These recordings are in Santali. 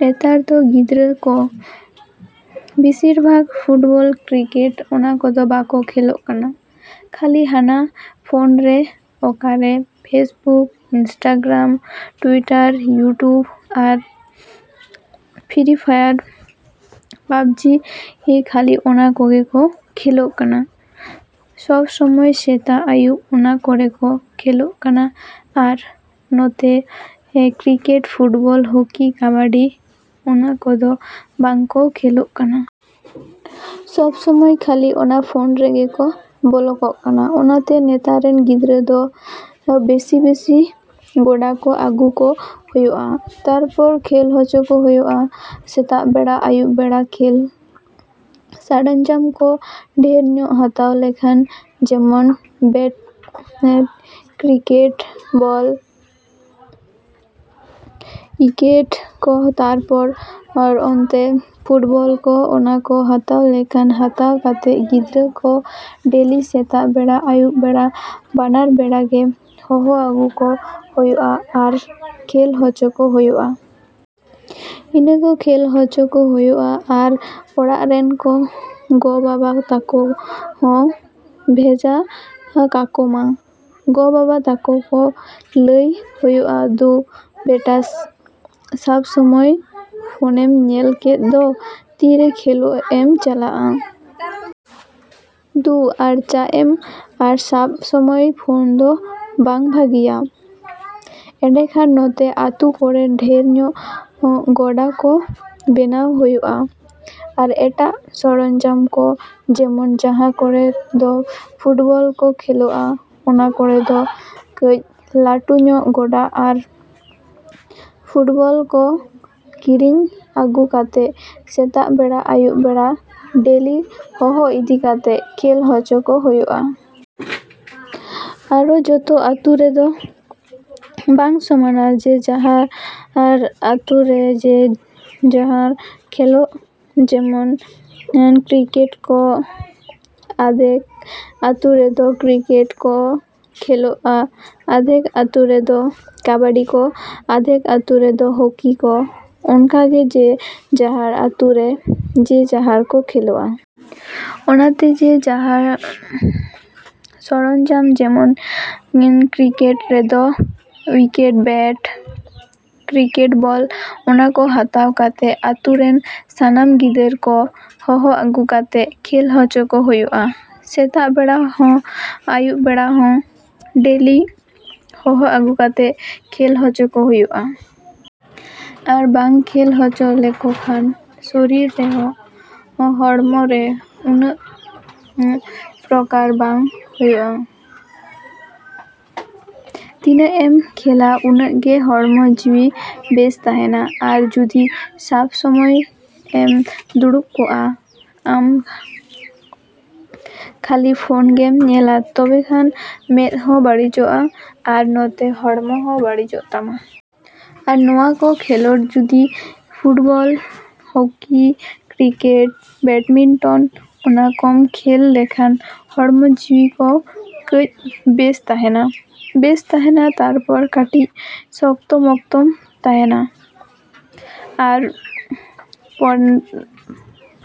ᱱᱮᱛᱟᱨ ᱫᱚ ᱜᱤᱫᱽᱨᱟᱹ ᱠᱚ ᱵᱮᱥᱤᱨ ᱵᱷᱟᱜᱽ ᱯᱷᱩᱴᱵᱚᱞ ᱠᱨᱤᱠᱮᱴ ᱚᱱᱟ ᱠᱚᱫᱚ ᱵᱟᱠᱚ ᱠᱷᱮᱞᱚᱜ ᱠᱟᱱᱟ᱾ ᱠᱷᱟᱹᱞᱤ ᱦᱟᱱᱟ ᱯᱷᱚᱱ ᱨᱮ ᱟᱠᱟᱨᱮ ᱯᱷᱮᱥᱵᱩᱠ ᱤᱱᱥᱴᱟᱜᱨᱟᱢ ᱴᱩᱭᱴᱟᱨ ᱤᱭᱩᱴᱩᱵᱽ ᱟᱨ ᱯᱷᱨᱤ ᱯᱷᱟᱭᱟᱨ ᱯᱟᱵᱡᱤ ᱠᱷᱟᱹᱞᱤ ᱚᱱᱟ ᱠᱚᱜᱮ ᱠᱚ ᱠᱷᱮᱞᱚᱜ ᱠᱟᱱᱟ᱾ ᱥᱚᱵ ᱥᱚᱢᱚᱭ ᱥᱮᱛᱟᱜᱼᱟᱹᱭᱩᱵ ᱚᱱᱟ ᱠᱚᱨᱮ ᱠᱚ ᱠᱷᱮᱞᱚᱜ ᱠᱟᱱᱟ ᱟᱨ ᱱᱚᱛᱮ ᱠᱨᱤᱠᱮᱴ ᱯᱷᱩᱴᱵᱚᱞ ᱦᱚᱠᱤ ᱠᱟᱵᱟᱰᱤ ᱚᱱᱟ ᱠᱚᱫᱚ ᱵᱟᱝ ᱠᱚ ᱠᱷᱮᱞᱚᱜ ᱠᱟᱱᱟ᱾ ᱥᱚᱵ ᱥᱚᱢᱚᱭ ᱠᱷᱟᱹᱞᱤ ᱚᱱᱟ ᱯᱷᱚᱱ ᱨᱮᱜᱮ ᱠᱚ ᱵᱚᱞᱚ ᱠᱚᱜ ᱠᱟᱱᱟ᱾ ᱚᱱᱟᱛᱮ ᱱᱮᱛᱟᱨ ᱨᱮᱱ ᱜᱤᱫᱽᱨᱟᱹ ᱫᱚ ᱵᱮᱥᱤᱼᱵᱮᱥᱤ ᱜᱚᱰᱟ ᱠᱚ ᱟᱹᱜᱩ ᱠᱚ ᱦᱩᱭᱩᱜᱼᱟ ᱛᱟᱨᱯᱚᱨ ᱠᱷᱮᱞ ᱦᱚᱪᱚ ᱠᱚ ᱦᱩᱭᱩᱜᱼᱟ᱾ ᱥᱮᱛᱟᱜ ᱵᱮᱲᱟ ᱟᱹᱭᱩᱵ ᱵᱮᱲᱟ ᱠᱷᱮᱞ ᱥᱚᱨᱚᱧᱡᱟᱢ ᱠᱚ ᱰᱷᱮᱨ ᱧᱚᱜ ᱦᱟᱛᱟᱣ ᱞᱮᱠᱷᱟᱱ ᱡᱮᱢᱚᱱ ᱵᱮᱴ ᱠᱨᱤᱠᱮᱴ ᱵᱚᱞ ᱣᱤᱠᱮᱴ ᱠᱚ ᱛᱟᱨᱯᱚᱨ ᱚᱱᱛᱮ ᱯᱷᱩᱴᱵᱚᱞ ᱠᱚ ᱚᱱᱟ ᱠᱚ ᱦᱟᱛᱟᱣ ᱞᱮᱠᱷᱟᱱ ᱦᱟᱛᱟᱣ ᱠᱟᱛᱮᱜ ᱜᱤᱫᱽᱨᱟᱹ ᱠᱚ ᱰᱮᱞᱤ ᱥᱮᱛᱟᱜ ᱵᱮᱲᱟ ᱟᱹᱭᱩᱵ ᱵᱮᱲᱟ ᱵᱟᱱᱟᱨ ᱵᱮᱲᱟ ᱜᱮ ᱦᱚᱦᱚ ᱟᱹᱜᱩ ᱠᱚ ᱦᱩᱭᱩᱜᱼᱟ ᱟᱨ ᱠᱷᱮᱞ ᱦᱚᱪᱚ ᱠᱚ ᱦᱩᱭᱩᱜᱼᱟ᱾ ᱤᱱᱟᱹ ᱠᱚ ᱠᱷᱮᱞ ᱦᱚᱪᱚ ᱠᱚ ᱦᱩᱭᱩᱜᱼᱟ ᱟᱨ ᱚᱲᱟᱜ ᱨᱮᱱ ᱜᱚ ᱵᱟᱵᱟ ᱛᱟᱠᱚ ᱦᱚᱸ ᱠᱚ ᱵᱷᱮᱡᱟ ᱠᱟᱠᱚᱢᱟ᱾ ᱜᱚ ᱵᱟᱵᱟ ᱛᱟᱠᱚ ᱠᱚ ᱞᱟᱹᱭ ᱦᱩᱭᱩᱜᱼᱟ ᱫᱩ ᱵᱮᱴᱟ ᱥᱚᱵ ᱥᱚᱢᱚᱭ ᱯᱷᱚᱱᱮᱢ ᱧᱮᱞ ᱠᱮᱫ ᱫᱚ ᱛᱤᱨᱮ ᱠᱷᱮᱞᱚᱜ ᱮᱢ ᱪᱟᱞᱜ-ᱟ ᱾ ᱫᱩ ᱟᱨ ᱪᱟᱜ ᱢᱮ ᱟᱨ ᱥᱚᱵ ᱥᱚᱢᱚᱭ ᱯᱷᱚᱱ ᱫᱚ ᱵᱟᱝ ᱵᱷᱟᱹᱜᱤᱭᱟ ᱮᱱᱰᱮᱠᱷᱟᱱ ᱱᱚᱛᱮ ᱟᱹᱛᱩ ᱠᱚᱨᱮ ᱰᱷᱮᱨ ᱧᱚᱜ ᱜᱚᱰᱟ ᱠᱚ ᱵᱮᱱᱟᱣ ᱦᱩᱭᱩᱜᱼᱟ᱾ ᱟᱨᱚ ᱮᱴᱟᱜ ᱥᱚᱨᱚᱧᱡᱟᱢ ᱠᱚ ᱡᱮᱢᱚᱱ ᱡᱟᱦᱟᱸ ᱠᱚᱨᱮ ᱫᱚ ᱯᱷᱩᱴᱵᱚᱞ ᱠᱚ ᱠᱷᱮᱞᱚᱜᱼᱟ ᱚᱱᱟ ᱠᱚᱨᱮ ᱫᱚ ᱠᱟᱹᱡ ᱞᱟᱹᱴᱩ ᱧᱚᱜ ᱜᱚᱰᱟ ᱟᱨ ᱯᱷᱩᱴᱵᱚᱞ ᱠᱚ ᱠᱤᱨᱤᱧ ᱟᱹᱜᱩ ᱠᱟᱛᱮᱜ ᱥᱮᱛᱟᱜ ᱵᱮᱲᱟ ᱟᱹᱭᱩᱵ ᱵᱮᱲᱟ ᱰᱮᱞᱤ ᱦᱚᱦᱚ ᱤᱫᱤ ᱠᱟᱛᱮᱜ ᱠᱷᱮᱞ ᱦᱚᱪᱚ ᱠᱚ ᱦᱩᱭᱩᱜᱼᱟ᱾ ᱟᱨᱦᱚ ᱡᱚᱛᱚ ᱟᱹᱛᱩ ᱨᱮᱫᱚ ᱵᱟᱝ ᱥᱚᱢᱟᱱᱟ ᱡᱮ ᱡᱟᱦᱟᱨ ᱟᱹᱛᱩ ᱨᱮ ᱡᱮ ᱡᱟᱦᱟᱨ ᱠᱷᱮᱞᱚᱜ ᱡᱮᱢᱚᱱ ᱠᱨᱤᱠᱮᱴ ᱠᱚ ᱟᱫᱷᱮᱠ ᱟᱹᱛᱩ ᱨᱮᱫᱚ ᱠᱨᱤᱠᱮᱴ ᱠᱚ ᱠᱷᱮᱞᱚᱜᱼᱟ ᱟᱫᱷᱮᱠ ᱟᱹᱛᱩ ᱨᱮᱫᱚ ᱠᱟᱵᱟᱰᱤ ᱠᱚ ᱟᱫᱷᱮᱠ ᱟᱹᱛᱩ ᱨᱮᱫᱚ ᱦᱚᱠᱤ ᱠᱚ᱾ ᱚᱱᱠᱟᱜᱮ ᱡᱮ ᱡᱟᱦᱟᱨ ᱟᱹᱛᱩ ᱨᱮ ᱡᱮ ᱡᱟᱦᱟᱨ ᱠᱚ ᱠᱷᱮᱞᱚᱜᱼᱟ᱾ ᱚᱱᱟᱛᱮ ᱡᱮ ᱡᱟᱦᱟᱨ ᱥᱚᱨᱚᱧᱡᱟᱢ ᱡᱮᱢᱚᱱ ᱠᱨᱤᱠᱮᱴ ᱨᱮᱫᱚ ᱣᱤᱠᱮᱴ ᱵᱮᱴ ᱠᱨᱤᱠᱮᱴ ᱵᱚᱞ ᱚᱱᱟ ᱠᱚ ᱦᱟᱛᱟᱣ ᱠᱟᱛᱮᱜ ᱟᱹᱛᱩ ᱨᱮᱱ ᱥᱟᱱᱟᱢ ᱜᱤᱫᱟᱹᱨ ᱠᱚ ᱦᱚᱦᱚ ᱟᱹᱜᱩ ᱠᱟᱛᱮᱜ ᱠᱷᱮᱞ ᱦᱚᱪᱚ ᱠᱚ ᱦᱩᱭᱩᱜᱼᱟ᱾ ᱥᱮᱛᱟᱜ ᱵᱮᱲᱟ ᱦᱚᱸ ᱟᱹᱭᱩᱵ ᱵᱮᱲᱟ ᱦᱚᱸ ᱰᱮᱞᱤ ᱦᱚᱦᱚ ᱟᱹᱜᱩ ᱠᱟᱛᱮᱜ ᱠᱷᱮᱞ ᱦᱚᱪᱚ ᱠᱚ ᱦᱩᱭᱩᱜᱼᱟ᱾ ᱟᱨ ᱵᱟᱝ ᱠᱷᱮᱞ ᱦᱚᱪᱚ ᱞᱮᱠᱚ ᱠᱷᱟᱱ ᱥᱚᱨᱤᱨ ᱨᱮ ᱦᱚᱲᱢᱚ ᱨᱮ ᱩᱱᱟᱹᱜ ᱯᱨᱚᱠᱟᱨ ᱵᱟᱝ ᱦᱩᱭᱩᱜᱼᱟ᱾ ᱛᱤᱱᱟᱹᱜ ᱮᱢ ᱠᱷᱮᱞᱟ ᱩᱱᱟᱹᱜ ᱜᱮ ᱦᱚᱲᱢᱚ ᱡᱤᱣᱤ ᱵᱮᱥ ᱛᱟᱦᱮᱱᱟ ᱟᱨ ᱡᱩᱫᱤ ᱥᱚᱵ ᱥᱚᱢᱚᱭ ᱮᱢ ᱫᱩᱲᱩᱵ ᱠᱚᱜᱼᱟ ᱟᱢ ᱠᱷᱟᱹᱞᱤ ᱯᱷᱚᱱ ᱜᱮᱢ ᱧᱮᱞᱟ ᱛᱚᱵᱮ ᱠᱷᱟᱱ ᱢᱮᱫ ᱦᱚᱸ ᱵᱟᱹᱲᱤᱡᱚᱜᱼᱟ ᱟᱨ ᱱᱚᱛᱮ ᱦᱚᱲᱢᱚ ᱦᱚᱸ ᱵᱟᱹᱲᱤᱡᱚᱜ ᱛᱟᱢᱟ᱾ ᱟᱨ ᱱᱚᱣᱟ ᱠᱚ ᱠᱷᱮᱞᱚᱰ ᱡᱩᱫᱤ ᱯᱷᱩᱴᱵᱚᱞ ᱦᱚᱠᱤ ᱠᱨᱤᱠᱮᱴ ᱵᱮᱰᱢᱤᱱᱴᱚᱱ ᱚᱱᱟ ᱠᱚᱢ ᱠᱷᱮᱞ ᱞᱮᱠᱷᱟᱱ ᱦᱚᱲᱢᱚ ᱡᱤᱣᱤ ᱠᱚ ᱠᱟᱹᱡ ᱵᱮᱥ ᱛᱟᱦᱮᱱᱟ᱾ ᱵᱮᱥ ᱛᱟᱦᱮᱱᱟ ᱛᱟᱨᱯᱚᱨ ᱠᱟᱹᱴᱤᱡ ᱥᱚᱠᱛᱚ ᱢᱚᱠᱛᱚᱢ ᱛᱟᱦᱮᱱᱟ᱾ ᱟᱨ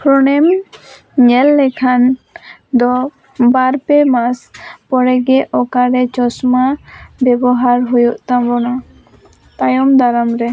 ᱯᱷᱚᱱᱮᱢ ᱧᱮᱞ ᱞᱮᱠᱷᱟᱱ ᱫᱚ ᱵᱟᱨ ᱯᱮ ᱢᱟᱥ ᱯᱚᱨᱮᱜᱮ ᱚᱠᱟᱨᱮ ᱪᱚᱥᱢᱟ ᱵᱮᱵᱷᱟᱨ ᱦᱩᱭᱩᱜ ᱛᱟᱵᱚᱱᱟ ᱛᱟᱭᱚᱢ ᱫᱟᱨᱟᱢ ᱨᱮ᱾